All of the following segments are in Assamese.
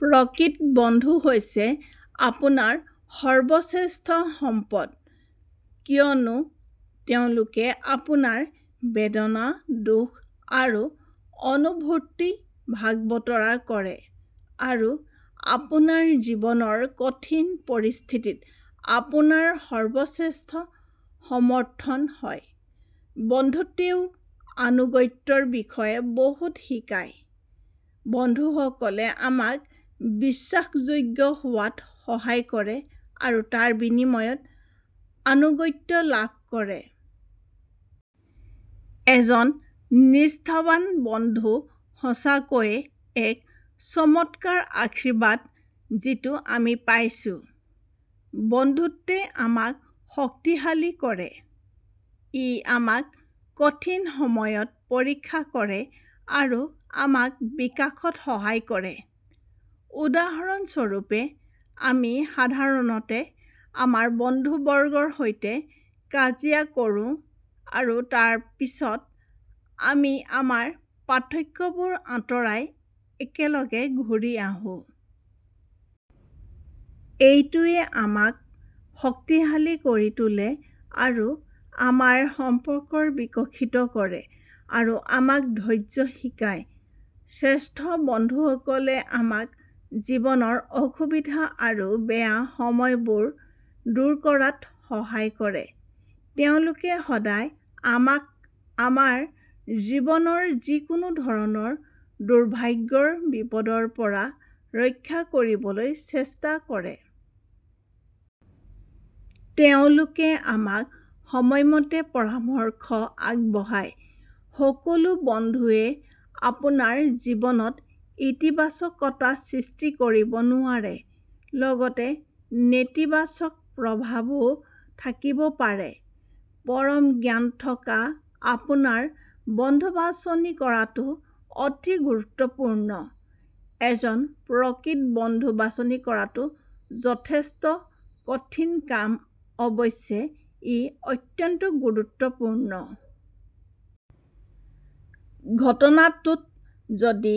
প্ৰকৃত বন্ধুহৈছে আপোনাৰ সৰ্বশ্ৰেষ্ঠ সম্পদ কিয়নো তেওঁলোকে আপোনাৰ বেদনা, দুখ আৰু অনুভূতি ভাগ বতৰা কৰে আৰু আপোনাৰ জীৱনৰ কঠিন পৰিস্থিতিত আপোনাৰ সৰ্বশ্ৰেষ্ঠ সমৰ্থন হয়। বন্ধুত্বেও আনুগত্যৰ বিষয়ে বহুত শিকায়। বন্ধুসকলে আমাক বিশ্বাসযোগ্য হোৱাত সহায় কৰে আৰু তাৰ বিনিময়ত আনুগত্য লাভ কৰে। এজন নিষ্ঠাৱান বন্ধু সঁচাকৈয়ে এক চমৎকাৰ আশীৰ্বাদ যিটো আমি পাইছো। বন্ধুত্বে আমাক শক্তিশালী কৰে। ই আমাক কঠিন সময়ত পৰীক্ষা কৰে আৰু আমাক বিকাশত সহায় কৰে। উদাহৰণ স্বৰূপে, আমি সাধাৰণতে আমাৰ বন্ধুবৰ্গৰ সৈতে কাজিয়া কৰোঁ, আৰু তাৰ পিছত, আমি আমাৰ পাৰ্থক্যবোৰ আঁতৰাই একেলগে ঘূৰি আহো। এইটোৱেই আমাক শক্তিশালী কৰি তোলে আৰু আমাৰ সম্পৰ্ক বিকশিত কৰে আৰু আমাক ধৈৰ্য্য শিকায়। শ্ৰেষ্ঠ বন্ধুসকলে আমাক জীৱনৰ অসুবিধা আৰু বেয়া সময়বোৰ দূৰ কৰাত সহায় কৰে। তেওঁলোকে সদায় আমাক আমাৰ জীৱনৰ যিকোনো ধৰণৰ দুৰ্ভাগ্যৰ বিপদৰ পৰা ৰক্ষা কৰিবলৈ চেষ্টা কৰে। তেওঁলোকে আমাক সময়মতে পৰামৰ্শ আগবঢ়ায়। সকলো বন্ধুৱে আপোনাৰ জীৱনত ইতিবাচকতা সৃষ্টি কৰিব নোৱাৰে। লগতে নেতিবাচক প্ৰভাৱো থাকিব পাৰে। পৰম জ্ঞানথকা আপোনাৰ বন্ধুবাছনি কৰাটো অতি গুৰুত্বপূৰ্ণ। এজন প্ৰকৃত বন্ধু বাছনি কৰাটো যথেষ্ট কঠিন কাম অৱশ্যে ই অত্যন্ত গুৰুত্বপূৰ্ণ। ঘটনাটোত, যদি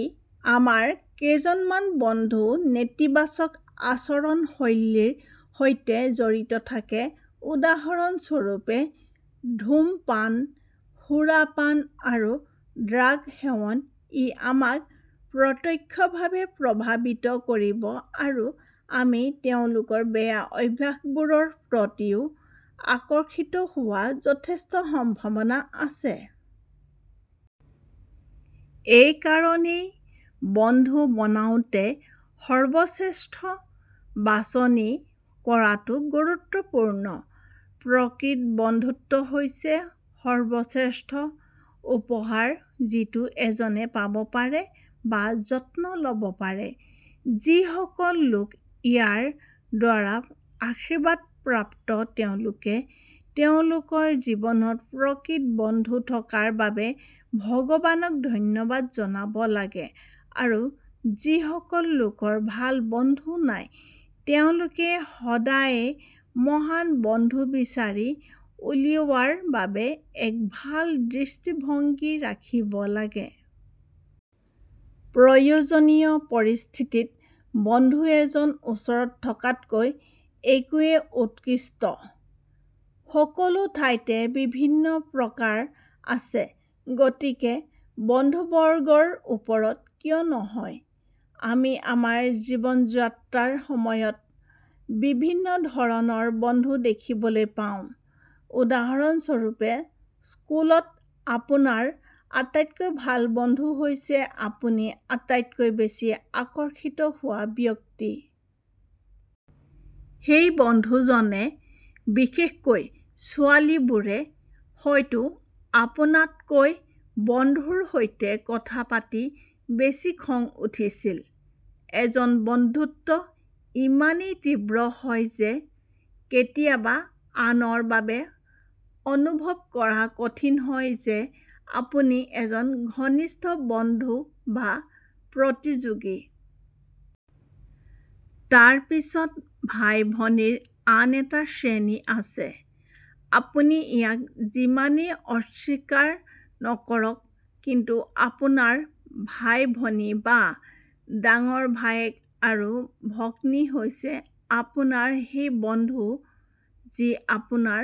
আমাৰ কেইজনমান বন্ধুনেতিবাচক আচৰণ শৈলীৰ সৈতে জড়িত থাকে, উদাহৰণ স্বৰূপে, ধূমপান, সুৰাপান আৰু ড্ৰাগ সেৱন, ই আমাক প্ৰত্যক্ষভাৱে প্ৰভাৱিত কৰিব আৰু আমি তেওঁলোকৰ বেয়া অভ্যাসবোৰৰ প্ৰতিও আকৰ্ষিত হোৱাৰ যথেষ্ট সম্ভাৱনা আছে। এইকাৰণেই বন্ধু বনাওঁতে সৰ্বশ্ৰেষ্ঠ বাছনি কৰাটো গুৰুত্বপূৰ্ণ। প্ৰকৃত বন্ধুত্ব হৈছে সৰ্বশ্ৰেষ্ঠ উপহাৰ যিটো এজনে পাব পাৰে বা যত্ন ল'ব পাৰে। যিসকল লোক ইয়াৰ দ্বাৰা আশীৰ্বাদপ্ৰাপ্ত তেওঁলোকে তেওঁলোকৰ জীৱনত প্ৰকৃত বন্ধু থকাৰ বাবে ভগৱানক ধন্যবাদ জনাব লাগে আৰু যিসকল লোকৰ ভাল বন্ধু নাই তেওঁলোকে সদায়ে মহান বন্ধু বিচাৰি উলিওৱাৰ বাবে এক ভাল দৃষ্টিভংগী ৰাখিব লাগে। প্ৰয়োজনীয় পৰিস্থিতিত বন্ধু এজন ওচৰত থকাতকৈ একো ৱেই উৎকৃষ্ট। সকলোঠাইতে বিভিন্ন প্ৰকাৰ আছে, গতিকে বন্ধুবৰ্গৰ ওপৰত কিয় নহয়। আমি আমাৰ জীৱন যাত্ৰাৰ সময়ত বিভিন্ন ধৰণৰ বন্ধু দেখিবলৈ পাওঁ। উদাহৰণ স্বৰূপে, স্কুলত আপোনাৰ আটাইতকৈ ভাল বন্ধু হৈছে আপুনি আটাইতকৈ বেছি আকৰ্ষিত হোৱা ব্যক্তি। সেই বন্ধুজনে, বিশেষকৈ ছোৱালীবোৰে, হয়তো আপোনাতকৈ বন্ধুৰ সৈতে কথা পাতি বেছি খং উঠিছিল। এনে বন্ধুত্ব ইমানেই তীব্ৰ হয় যে কেতিয়াবা আনৰ বাবে অনুভৱ কৰা কঠিন হয় যে আপুনি এজন ঘনিষ্ঠ বন্ধু বা প্ৰতিযোগী। তাৰ পিছত ভাই-ভনীৰ আন এটা শ্ৰেণী আছে। আপুনি ইয়াক যিমানেই অস্বীকাৰ নকৰক, কিন্তু আপোনাৰ ভাই-ভনী বা ডাঙৰ ভায়েক আৰু ভগ্নী হৈছে আপোনাৰ সেই বন্ধু যি আপোনাৰ